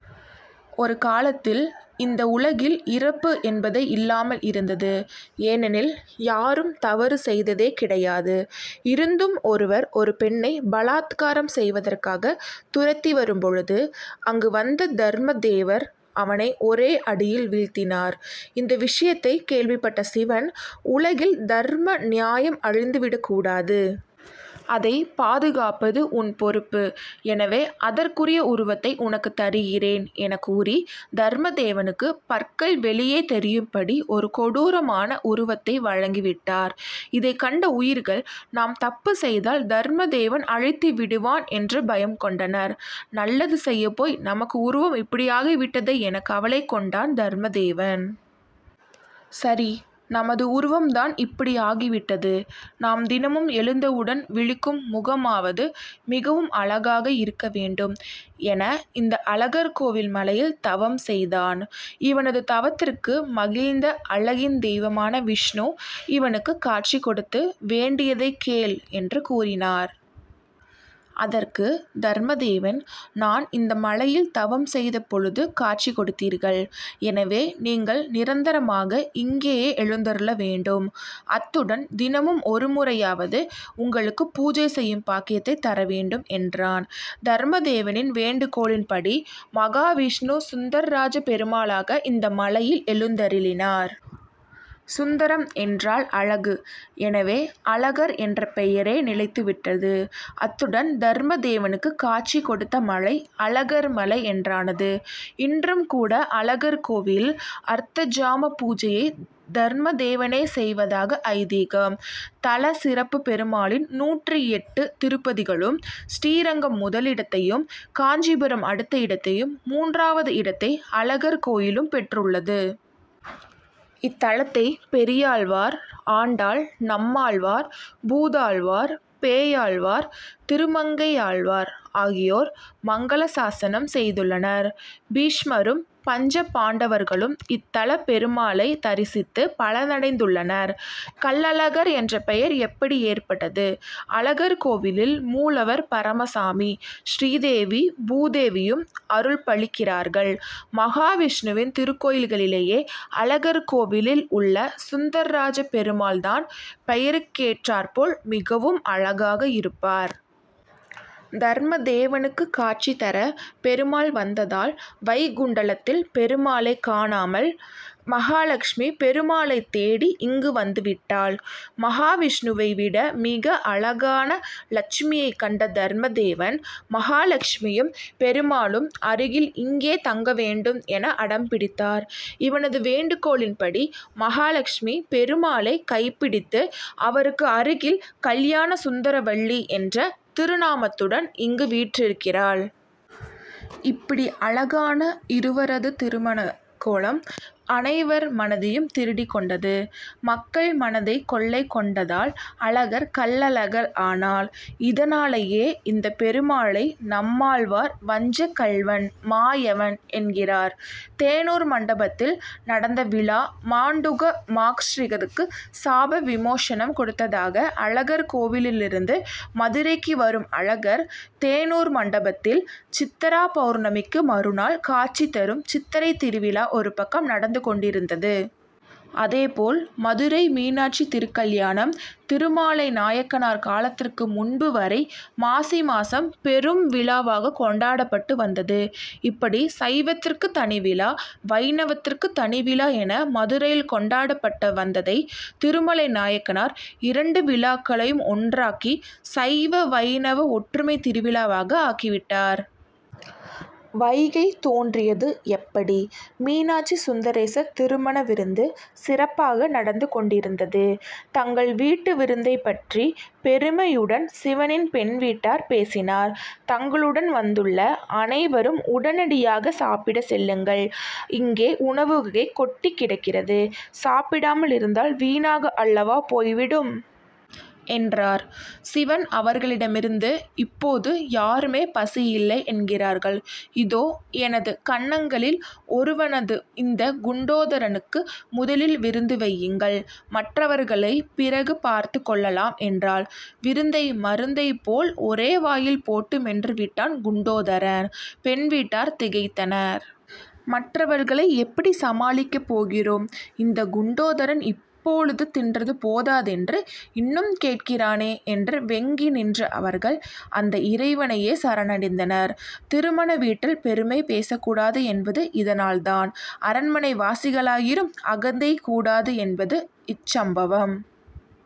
ஒரு காலத்தில் இந்த உலகில் இறப்பு என்பதே இல்லாமல் இருந்தது. ஏனெனில் யாரும் தவறு செய்வதே கிடையாது. இருந்தும் ஒருவன் ஒரு பெண்ணை பலாத்காரம் செய்வதற்காக துரத்தி வரும் போது அங்கு வந்த தர்மதேவன் அவனை ஒரே அடியில் வீழ்த்தினார். இந்த விஷயத்தை கேள்விப் பட்ட சிவன் உலகில் தர்ம நியாயம் அழிந்து விடக்கூடாது. அதை பாதுகாப்பது உன் பொறுப்பு. எனவே அதற்குரிய உருவத்தை உனக்கு தருகிறேன் என கூறி தர்மதேவனுக்கு பற்கள் வெளியே தெரியும் படி ஒரு கொடூரமான உருவத்தை வழங்கி விட்டார். இதைக்கண்ட உயிர்கள் நாம் தப்பு செய்தால் தர்மதேவன் அழித்து விடுவான் என்று பயம் கொண்டன. நல்லது செய்யப்போய் நமது உருவம் இப்படி ஆகி விட்டதே என கவலை கொண்டான் தர்மதேவன். சரி! நமது உருவம் தான் இப்படி ஆகி விட்டது. நாம் தினமும் எழுந்தவுடன் விழிக்கும் முகமாகவது மிகவும் அழகாக இருக்க வேண்டும் என இந்த அழகர்கோவில் மலையில் தவம் இருந்தான். இவனது தவத்திற்கு மகிழ்ந்த அழகின் தெய்வமான விஷ்ணு இவனுக்கு காட்சி கொடுத்து வேண்டியதை கேள் என்று கூறினார். அதற்கு தர்மதேவன் நான் இந்த மலையில் தவம் செய்த போது காட்சி கொடுத்தீர்கள். எனவே நீங்கள் நிரந்தரமாக இங்கேயே எழுந்தருளவேண்டும். அத்துடன் தினமும் ஒரு முறையாவது உங்களுக்கு பூஜை செய்யும் பாக்கியத்தை தரவேண்டும் என்றான். தர்மதேவனின் வேண்டுகோளின் படி மகாவிஷ்ணு சுந்தரராஜப்பெருமாளாக இந்த மலையில் எழுந்தருளினார். சுந்தரம் என்றால் அழகு. எனவே அழகர் என்ற பெயரே நிலைத்து விட்டது. அத்துடன் தர்மதேவனுக்கு காட்சி கொடுத்த மலை அழகர் மலை என்றானது. இன்றும் கூட அழகர்கோவிலில் அர்த்தஜாம பூஜையை தர்மதேவனே செய்வதாக ஐதீகம். தல சிறப்பு பெருமாளின் நூற்று எட்டு திருப்பதிகளுள் ஸ்ரீரங்கம் முதலிடத்தையும் காஞ்சிபுரம் அடுத்த இடத்தையும் மூன்றாவது இடத்தை அழகர்கோவிலும் பெற்றுள்ளன. இத்தலத்தை பெரியாழ்வார் ஆண்டாள் நம்மாழ்வார் பூதத்தாழ்வார் பேயாழ் வார் திருமங்கையாழ்வார் ஆகியோர் மங்களாசாசனம் செய்துள்ளனர். பீஷ்மரும் பஞ்சபாண்டவர்களும் இத்தல பெருமாளை தரிசித்து பலனடைந்துள்ளனர். கள்ளழகர் என்ற பெயர் எப்படி ஏற்பட்டது அழகர்கோவில் மூலவர் பரமசாமி. ஸ்ரீதேவி பூதேவியுடன் அருள்பாலிக்கிறார். மகாவிஷ்ணுவின் திருக்கோலங்களிலேயேஅழகர்கோவிலில் உள்ள சுந்தரராஜப்பெருமாள் தான் பெயருக் கேற்றாற் போல் மிகவும் அழகாக இருப்பார். தர்மதேவனுக்கு காட்சி தர பெருமாள் வந்ததால் வைகுண்டத்தில் பெருமாளை காணாமல் மகாலட்சுமி பெருமாளைத்தேடி இங்கு வந்துவிட்டாள். மகாவிஷ்ணுவை விட மிக அழகான லட்சுமியைக்கண்ட தர்மதேவன் மகாலட்சுமியும் பெருமாளுக்கு அருகில் இங்கேயே தங்க வேண்டும் என அடம் பிடித்தார். இவனது வேண்டுகோளின் படி மகாலட்சுமி பெருமாளை கைப்பிடித்து அவருக்கு அருகில் கல்யாண சுந்தரவல்லி எனும் திருநாமத்துடன் இங்கு வீற்றிருக்கிறாள். இப்படி அழகான இருவரது திருமணக்கோலம் அனைவர் மனதையும் திருடிக்கொண்டது. மக்கள் மனதை கொள்ளை கொண்டதால் அழகர் கள்ளழகர் ஆனார். இதனாலேயே இந்த பெருமாளை நம்மாழ்வார் வஞ்சக்கள்வன் மாமாயன் என்கிறார். தேனூர் மண்டபத்தில் நடந்த விழா மண்டூக மகரிஷிக்கு சாப விமோசனம் கொடுப்பதற்காக அழகர் கோயிலிலிருந்து மதுரைக்கு வரும் அழகர் தேனூர் மண்டபத்தில் சித்ரா பவுர்ணமிக்கு மறுநாள் காட்சி தரும் சித்திரை திருவிழா ஒருபக்கம் நடந்து கொண்டிருந்தது. அதே போல் மதுரை மீனாட்சி திருக்கல்யாணம் திருமலை நாயக்கர் காலத்திற்கு முன்பு வரை மாசிமாதம் பெரும் விழாவாக கொண்டாடப்பட்டு வந்தது. இப்படி சைவத்திற்கு தனிவிழா வைணவத்திற்கு தனி விழா என மதுரையில் கொண்டாடப்பட்டு வந்ததை திருமலை நாயக்கர் இரண்டு விழாவையும் ஒன்றாக்கி சைவ வைணவ ஒற்றுமை திருவிழாவாக ஆக்கி விட்டார். வைகை தோன்றியது எப்படி மீனாட்சி சுந்தரேஸ்வரர் திருமண விருந்து சிறப்பாக நடந்து கொண்டிருந்தது. தங்கள் வீட்டு விருந்தைப் பற்றி பெருமையுடன் சிவனிடம் பெண் வீட்டார் பேசினர். தங்களுடன் வந்துள்ள அனைவரும் உடனடியாக சாப்பிடச்சொல்லுங்கள். இங்கே உணவுவகை கொட்டிக் கிடக்கிறது. சாப்பிடாமல் இருந்தால் வீணாக அல்லவா போய் விடும்? என்றனர். சிவன் அவர்களிடம் இப்போது யாருமே பசியில்லை என்கிறார்கள். இதோ எனது கணங்களில் ஒருவனான இந்த குண்டோதரனுக்கு முதலில் விருந்து வையுங்கள். மற்றவர்களை பிறகு பார்த்துக் கொள்ளலாம் என்றார். விருந்தை மருந்தைப் போல ஒரே வாயில் போட்டு மென்று விட்டான் குண்டோதரன். பெண் வீட்டார் திகைத்தனர். மற்றவர்களை எப்படி சமாளிக்கப் போகிறோம். இந்த குண்டோதரன் இப்போது தின்றது போதாதென்று இன்னும் கேட்கிறானே என வெட்கி நின்ற அவர்கள் அந்த இறைவனையே சரணடைந்தனர். திருமண வீட்டில் பெருமை பேசக்கூடாது என்பது இதனால் தான். அரண்மனைவாசிகளாயினும் அகந்தை கூடாது என்பது இச்சம்பவம்